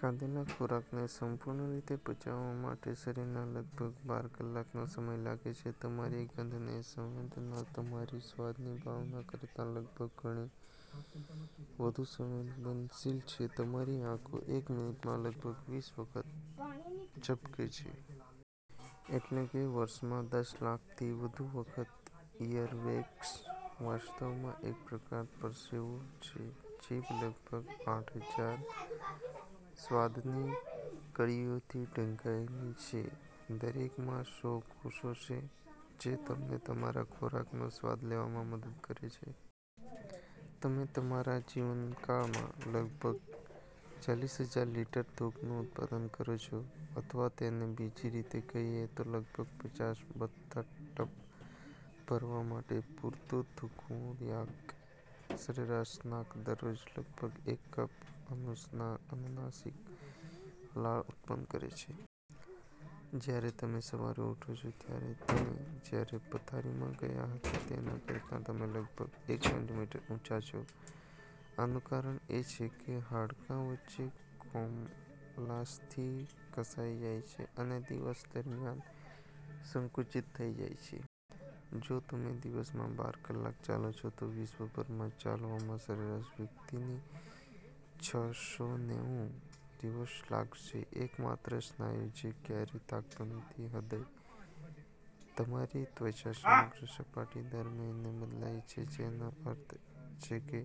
ખાધેલા ખોરાકને સંપૂર્ણ રીતે પચાવવા માટે શરીરને લગભગ બાર કલાકનો સમય લાગે છે. તમારી ગંધની સંવેદના તમારી સ્વાદની ભાવના કરતાં લગભગ ગણી વધુ સંવેદનશીલ છે. તમારી આંખો એક મિનિટમાં લગભગ વીસ વખત ઝબકે છે. એટલે કે વર્ષમાં દસ લાખથી વધુ વખત! ઇયરવેક્સ વાસ્તવમાં એક પ્રકારનો પરસેવો છે! જીભ લગભગ આઠહજાર સ્વાદની કળીઓથી ઢંકાયેલી છે, દરેકમાં સો કોષો છે જે તમને તમારા ખોરાકનો સ્વાદ લેવામાં મદદ કરે છે! તમે તમારા જીવનકાળમાં લગભગ ચાલીસહજાર લિટર થૂંકનું ઉત્પાદન કરો છો. અથવા તેને બીજી રીતે કહીએ તો, લગભગ પાંચસો બાથટબ ભરવા માટે પૂરતું થૂંકવું. યાક! સરેરાશ નાક દરરોજ લગભગ એક કપ અનુનાસિક લાળ ઉત્પન્ન કરે છે! જ્યારે તમે સવારે ઉઠો છો, ત્યારે તમે જ્યારે પથારીમાં ગયા હતા તેના કરતા તમે લગભગ એક સેમી ઉંચા છો. આનું કારણ એ છે કે તમારા હાડકાં વચ્ચેની કોમલાસ્થિ ઘસાઈ જાય છે અને દિવસ દરમિયાન સંકુચિત થઈ જાય છે. જો તમે દિવસમાં બાર કલાક ચાલો છો, તો વિશ્વભરમાં ચાલવામાં સરેરાશ વ્યક્તિને છસોનેવું દિવસ લાગશે. એકમાત્ર સ્નાયુ જે ક્યારેય થાકતો નથી તે હૃદય છે. તમારી ત્વચાની સમગ્ર સપાટી દર મહિને બદલાય છે, જેનો અર્થ છે કે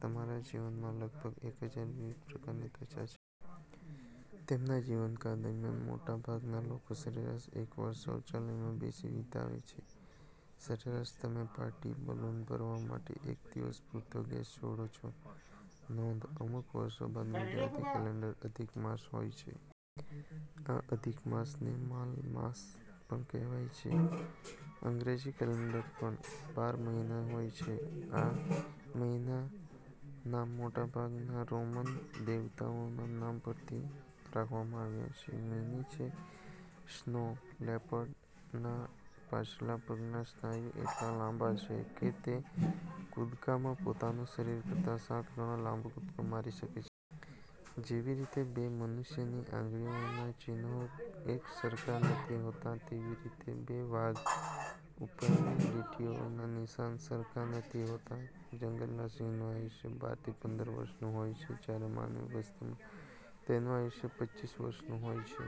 તમારા જીવનમાં લગભગ એક હજાર વિવિધ પ્રકારની ત્વચા છે! તેમના જીવનકાળ દરમિયાન, મોટાભાગના લોકો સરેરાશ એક વર્ષ શૌચાલયમાં બેસીને વિતાવે છે. સરેરાશ, તમે પાર્ટી બલૂન ભરવા માટે એક દિવસમાં પૂરતો ગેસ છોડો છો. નોંધ: અમુક વર્ષો બાદ, ગુજરાતી કેલેન્ડરમાં અધિક માસ હોય છે. આ અધિક માસને મલમાસ પણ કહેવાય છે. અંગ્રેજી કેલેન્ડરમાં પણ બાર મહિના હોય છે. આ મહિનાઓના નામ મોટાભાગે રોમન દેવતાઓના નામ પરથી રાખવામાં આવ્યા છે. મી. ની છે. સ્નો લેપર્ડના પાછલા પગના સ્નાયુ એટલા લાંબા છે કે તે એક કૂદકામાં પોતાના શરીર કરતા સાત ગણો લાંબો કૂદકો મારી શકે છે. જેવી રીતે બે મનુષ્યની આંગળીઓનાં ચિન્હો એક સરખા નથી હોતા તેવી રીતે બે વાઘ ઊપરની લીટીઓના નિશાન સરખા નથી હોતા. જંગલમાં સિંહનું અયુષ્ય બાર થી પંદર વર્ષનું હોય છે જ્યારે માનવ વસ્તિમાં તેનું આયુષ્ય પચીસ વર્ષનું હોય છે.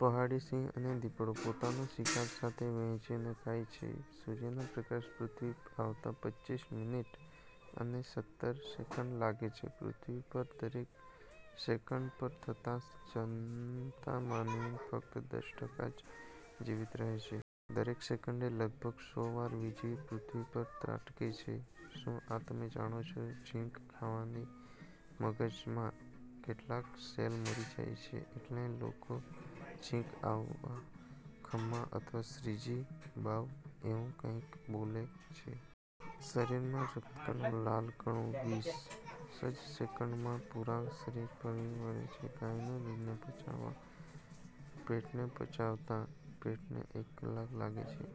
પહાડી સિંહ અને દીપડો પોતાનો શિકાર સાથે વહેંચીને ખાય છે. સૂર્યના પ્રકાશને પૃથ્વી પર આવતા પચીસ મિનિટ અને સત્તર સેકંડ લાગે છે. પૃથ્વી પર દરેક સેકન્ડ પર થતા જનમતા માનવીના ફક્ત દસ ટકા જ જીવીત રહે છે. દરેક સેકંડે લગભગ સો વાર વીજળી પૃથ્વી પર ત્રાટકે છે. શું આ તમે જાણો છો? છીંક ખાવાથી મગજનાં કેટલાક સેલ મરી જાય છે, એટલે લોકો છીંક આવતા 'ખમ્મા' અથવા 'શ્રીજી બાવા' એવું કાંઈક બોલે છે. શરીરમાં રક્તકણો લાલ કણો વીસ જ સેકેંડમાં પૂરા શરીરમાં ફરી વળે છે. ગાયના દૂધને પચાવતા પેટને પચાવતા પેટને એક કલાક લાગે છે.